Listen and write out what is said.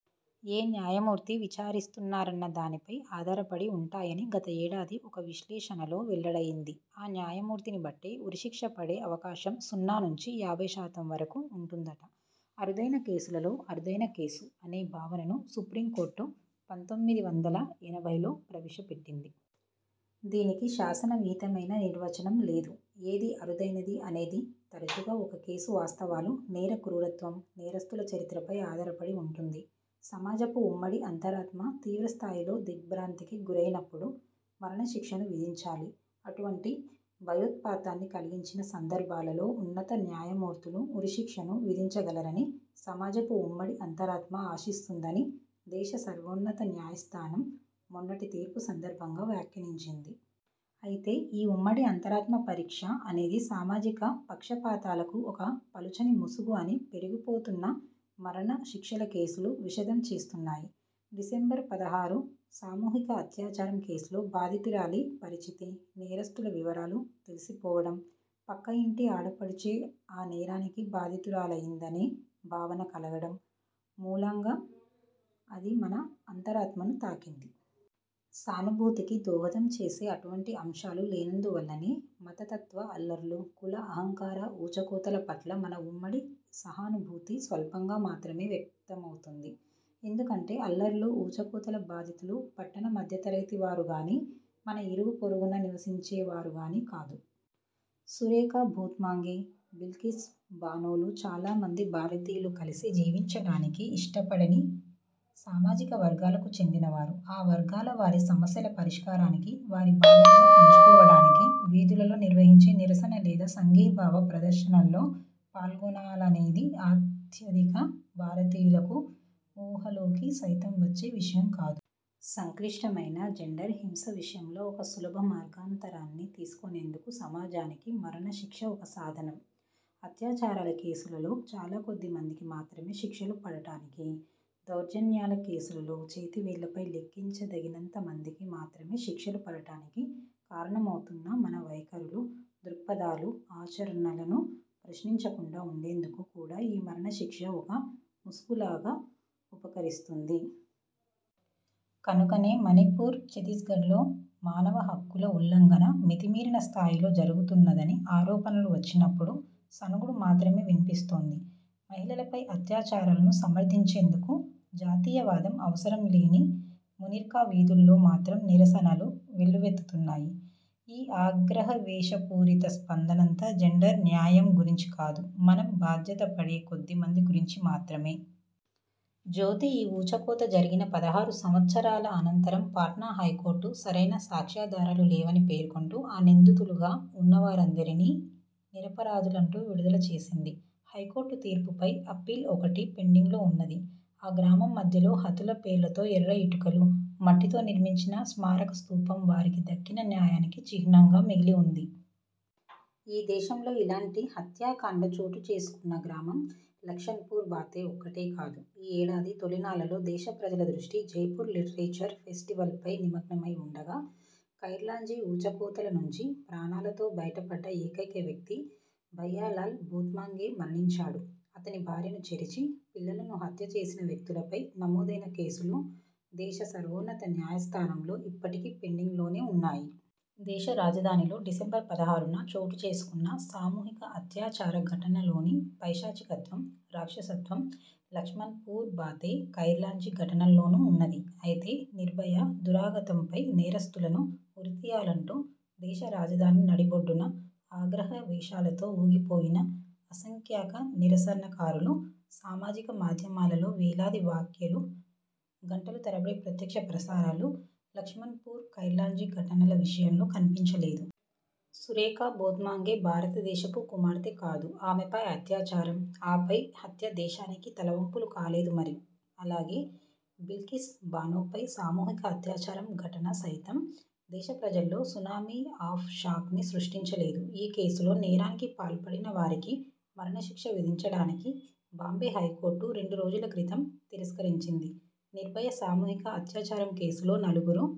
ఏ న్యాయమూర్తి విచారిస్తున్నారన్న దానిపై ఆధారపడి ఉంటాయని గత ఏడాది ఒక విశ్లేషణలో వెల్లడయింది. ఆ న్యాయమూర్తిని బట్టే ఉరిశిక్ష పడే అవకాశం సున్నా నుంచి యాభైశాతం వరకూ ఉంటుందట. 'అరుదైన కేసులలో అరుదైన కేసు' అనే భావనను సుప్రీంకోర్టు పంతొమ్మిది వందల ఎనభైలో ప్రవేశపెట్టింది. దీనికి శాసన విహితమైన నిర్వచనం లేదు. ఏది అరుదైనది అనేది తరచుగా ఒక కేసు వాస్తవాలు, నేర క్రూరత్వం, నేరస్థుల చరిత్ర పై ఆధారపడి వుంటుంది. 'సమాజపు ఉమ్మడి అంతరాత్మ తీవ్రస్థాయిలో దిగ్భ్రాంతికి గురయినప్పుడు మరణశిక్షను విధించాలి. అటువంటి భయోత్పాతాన్ని కల్గించిన సందర్భాలలో ఉన్నత న్యాయమూర్తులు ఉరిశిక్షను విధించగలరని సమాజపు ఉమ్మడి అంతరాత్మ ఆశిస్తుందని' దేశ సర్వోన్నత న్యాయస్థానం మొన్నటి తీర్పు సందర్భంగా వ్యాఖ్యానించింది. అయితే ఈ 'ఉమ్మడి అంతరాత్మ పరీక్ష' అనేది సామాజిక పక్షపాతాలకు ఒక పలుచని ముసుగు అని పెరిగిపోతున్న మరణ శిక్షల కేసులు విశదం చేస్తున్నాయి. డిసెంబర్ పదహారు సామూహిక అత్యాచారం కేసులో బాధితురాలి పరిచితి, నేరస్థుల వివరాలు తెలిసిపోవడం, పక్క ఇంటి ఆడపడుచే ఆ నేరానికి బాధితురాలయిందనే భావన కలగడం మూలంగ, అది మన అంతరాత్మను తాకింది. సానుభూతికి దోహదం చేసే అటువంటి అంశాలు లేనందువల్లనే మతతత్వ అల్లర్లు, కుల అహంకార ఊచకోతల పట్ల మన ఉమ్మడి సహానుభూతి స్వల్పంగా మాత్రమే వ్యక్తమవుతుంది. ఎందుకంటే అల్లర్లు, ఊచకోతల బాధితులు పట్టణ మధ్యతరగతి వారు గానీ, మన ఇరుగు పొరుగున నివసించే వారు గానీ కాదు. సురేఖా భోత్మాంగే, బిల్కిస్ బానోలు చాలా మంది భారతీయులు కలసి జీవించడానికి ఇష్టపడని సామాజిక వర్గాలకు చెందినవారు. ఆ వర్గాల వారి సమస్యల పరిష్కారానికి, వారి బాధలను పంచుకోవడానికి వీధులలో నిర్వహించే నిరసన లేదా సంఘీభావ ప్రదర్శనల్లో పాల్గొనాలనేది అత్యధిక భారతీయులకు ఊహలోకి సైతం వచ్చే విషయం కాదు. సంక్లిష్టమైన జెండర్ హింస విషయంలో ఒక సులభ మార్గాంతరాన్ని తీసుకొనేందుకు సమాజానికి మరణ శిక్ష ఒక సాధనం. అత్యాచారాల కేసులలో చాలాకొద్ది మందికి మాత్రమే శిక్షలు పడడానికీ, దౌర్జన్యాల కేసులలో చేతివేళ్ళపై లెక్కించదగినంత మందికి మాత్రమే శిక్షలు పడడానికి కారణమవుతున్న మన వైఖరులు, దృక్పథాలు, ఆచరణలను ప్రశ్నించకుండా వుండేందుకు కూడా ఈ మరణ శిక్ష ఒక ముసుగులాగా ఉపకరిస్తుంది. కనుకనే మణిపూర్, ఛత్తీస్గఢ్లో మానవ హక్కుల ఉల్లంఘన మితిమీరిన స్థాయిలో జరుగుతున్నదని ఆరోపణలు వచ్చినప్పుడు సణుగుడు మాత్రమే విన్పిస్తోంది. మహిళలపై అత్యాచారాలను సమర్థించేందుకు జాతీయవాదం అవసరం లేని మునిర్కా వీథుల్లో మాత్రం నిరసనలు వెల్లువెత్తుతున్నాయి. ఈ ఆగ్రహావేశపూరిత స్పందనంతా జెండర్ న్యాయం గురించి కాదు మనం బాధ్యతపడే కొద్దిమంది గురించి మాత్రమే. జ్యోతి ఈ ఊచకోత జరిగిన పదహారు సంవత్సరాల అనంతరం పాట్నా హైకోర్టు, సరైన సాక్ష్యాధారాలు లేవని పేర్కొంటూ ఆ నిందితులుగా వున్నవారినందరినీ నిరపరాధులంటూ విడుదల చేసింది. హైకోర్టు తీర్పుపై అప్పీల్ ఒకటి పెండింగ్లో ఉన్నది. ఆ గ్రామం మధ్యలో హతుల పేర్లతో ఎర్ర ఇటుకలు, మట్టితో నిర్మించిన స్మారక స్తూపం వారికి దక్కిన న్యాయానికి చిహ్నంగా మిగిలి వుంది. ఈ దేశంలో ఇలాంటి హత్యాకాండ చోటుచేసుకున్న గ్రామం లక్షణ్పూర్ బాతే ఒక్కటే కాదు. ఈ ఏడాది తొలినాళ్ళలో దేశ ప్రజల దృష్టి జైపూర్ లిటరేచర్ ఫెస్టివల్పై నిమగ్నమై వుండగా, ఖైర్లాంజీ ఊచకోతల నుంచి ప్రాణాలతో బయటపడ్డ ఏకైక వ్యక్తి భయ్యాలాల్ భోత్మాంగే మరణించాడు. అతని భార్యను చెరిచి, పిల్లలను హత్య చేసిన వ్యక్తులపై నమోదైన కేసులు దేశ సర్వోన్నత న్యాయస్థానంలో ఇప్పటికీ పెండింగ్లోనే వున్నాయి. దేశ రాజధానిలో డిసెంబర్ పదహారున చోటుచేసుకున్న సామూహిక అత్యాచార ఘటనలోని పైశాచికత్వం, రాక్షసత్వం లక్ష్మణ్పూర్ బాతే, ఖైర్లాంజీ ఘటనల్లోనూ ఉన్నది. అయితే 'నిర్భయ' దురాగతంపై నేరస్థులను ఉరితీయాలంటూ దేశ రాజధాని నడిబొడ్డున ఆగ్రహావేశాలతో ఊగిపోయిన అసంఖ్యాక నిరసనకారులు, సామాజిక మాధ్యమాలలో వేలాది వ్యాఖ్యలు, గంటల తరబడి ప్రత్యక్ష ప్రసారాలు లక్ష్మణ్పూర్, ఖైర్లాంజీ ఘటనల విషయంలో కన్పించలేదు. సురేఖా భోత్మాంగే భారతదేశపు కుమార్తె కాదు ఆమెపై అత్యాచారం, ఆపై హత్య దేశానికి తలవంపులు కాలేదు మరి. అలాగే, బిల్కిస్ బానోపై సామూహిక అత్యాచారం ఘటన సైతం దేశప్రజల్లో 'సునామీ ఆఫ్ షాక్'ని సృష్టించలేదు. ఈ కేసులో నేరానికి పాల్పడిన వారికి మరణశిక్ష విధించడానికి బాంబే హైకోర్టు రెండు రోజుల క్రితం తిరస్కరించింది. 'నిర్భయ' సామూహిక అత్యాచారం కేసులో నలుగురు